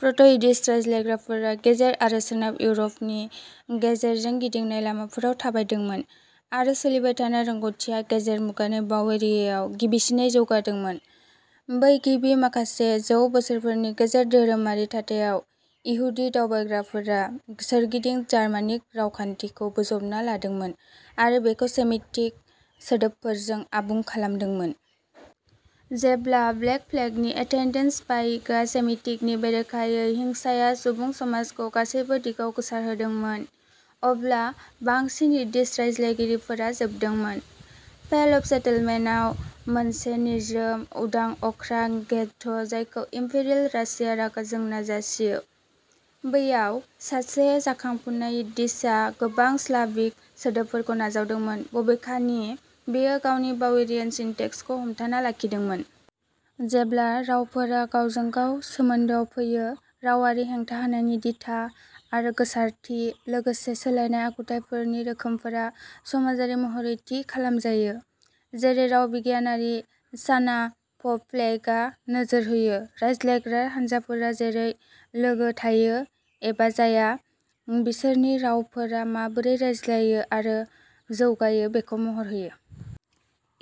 प्र'ट'- Yiddish रायज्लायग्राफोरा गेजेर आरो सोनाब इउर'पनि गेजेरजों गिदिंनाय लामाफोराव थाबायदोंमोन, आरो सोलिबाय थानाय रोंग'थिआ गेजेर मुगानि बावेरियायाव गिबिसिनै जौगादोंमोन। बै गिबि माखासे जौ बोसोरफोरनि गेजेर-धोरोमारि थाथायाव, इहुदि दावबायग्राफोरा सोरगिदिं जार्मानिक रावखान्थिखौ बोजबना लादोंमोन आरो बेखौ सेमिटिक सोदोबफोरजों आबुं खालामदोंमोन। जेब्ला ब्लेक प्लेगनि एटेन्डेन्ट स्पाइकआ सेमिटिकनि बेरेखायै हिंसाया सुबुं समाजखौ गासैबो दिगाव गोसारहोदोंमोन, अब्ला बांसिन यिडिश रायज्लायगिरिफोरा जोबदोंमोन। "पेल अफ सेटलमेन्ट" आव, मोनसे निजोम, उदां-अख्रां घेट्ट'जायखौ इम्पेरियेल रासिया रागा जोंना जासियो। बैयाव, सासे जाखांफुनाय यिद्दिशआ गोबां स्लाविक सोदोबफोरखौ नाजावदोंमोन, बबेखानि बेयो गावनि बावेरियान सिनटेक्सखौ हमथाना लाखिदोंमोन। जेब्ला रावफोरा गावजों गाव सोमोन्दोआव फैयो, "रावारि हेंथा होनायनि दिथा आरो गोसारथि, लोगोसे सोलायनाय आखुथायफोरनि रोखोमफोरा समाजारि महरै थि खालामजायो", जेरै राव बिगियानगिरि शाना प'प्लेकआ नोजोर होयो; रायज्लायग्रा हानजाफोरा जेरै लोगो-थायो-एबा जाया-बिसोरनि रावफोरा माबोरै रायज्लायो आरो जौगायो बेखौ महर होयो।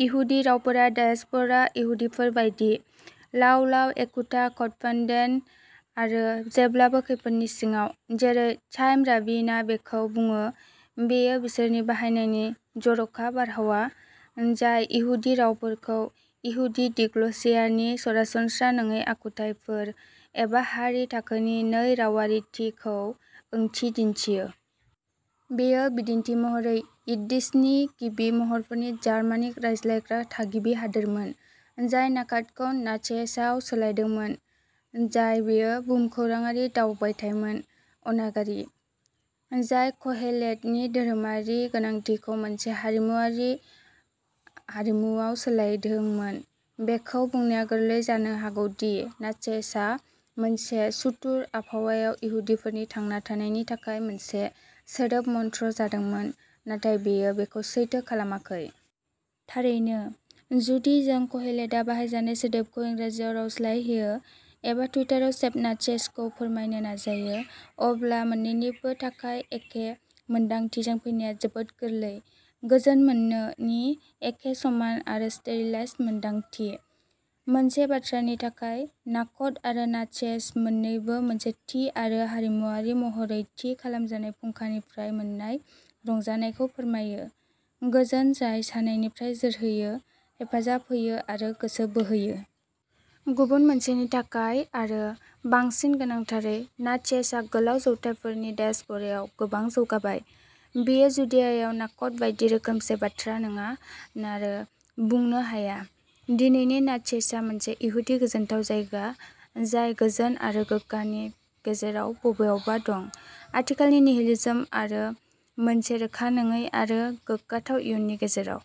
इहुदि रावफोरा डायस्प'रा इहुदिफोर बायदिः लावलाव, एखुथा, कोडपेन्डेन्ट, आरो जेब्लाबो खैफोदनि सिङाव। जेरै चाइम राबिनआ बेखौ बुङो, बेयो बिसोरनि बाहायनायनि "जर'खा बारहावा" जाय इहुदि रावफोरखौ, इहुदि डिग्ल'सियानि सरासनस्रा नङै आखुथायफोर, एबा हारि-थाखोनि नै-रावारिथिखौ ओंथि दिन्थियो। बेयो बिदिन्थि महरै, यिद्दिशनि गिबि महरफोरनि जार्मानिक रायज्लायग्रा थागिबि हादोरमोन, जाय नाखातखौ नाचेसआव सोलायदोंमोन। नाथाय बेयो भुमखौराङारि दावबायथायमोन अनागारि, जाय क'हेलेटनि धोरोमारि गोनांथिखौ मोनसे हारिमुआरि आरिमुवाव सोलायदोंमोन। बेखौ बुंनाया गोरलै जानो हागौ दि नाचेसआ मोनसे सुथुर आबहावायाव इहुदिफोरनि थांना थानायनि थाखाय मोनसे सोदोब मन्त्र जादोंमोन, नाथाय बेयो बेखौ सैथो खालामाखै। थारैनो, जुदि जों क'हेलेटआ बाहायजानाय सोदोबखौ इंराजियाव रावस्लायहोयो-एबा टुइटाराव शेप नाचेसखौ फोरमायनो नाजायो-अब्ला मोन्नैनिबो थाखाय एखे मोन्दांथिजों फैनाया जोबोद गोरलै, "गोजोन मोननो" नि एखे समान आरो स्टेरिलाइज्ड मोनदांथि। मोनसे बाथ्रानि थाखाय, नाखट आरो नाचेस मोन्नैबो मोनसे थि आरो हारिमुआरि महरै थि खालामजानाय फुंखानिफ्राय मोन्नाय रंजानायखौ फोरमायोः गोजोन जाय सानायनिफ्राय जोरहोयो, हेफाजाब होयो, आरो गोसो बोहोयो। गुबुन मोनसेनि थाखाय, आरो बांसिन गोनांथारै, नाचेसआ गोलाव जौथायफोरनि डायस्प'रायाव गोबां जौगाबाय; बेयो जुडियायाव नाखट बायदि रोखोमसे बाथ्रा नङा, आरो बुंनो हाया। दिनैनि नाचेसआ मोनसे इहुदि गोजोनथाव जायगा, जाय गोजोन आरो गोग्गानि गेजेराव बबेयावबा दं, आथिखालनि निहिलिज्म आरो मोनसे रोखा नङै आरो गोग्गाथाव इयुननि गेजेराव।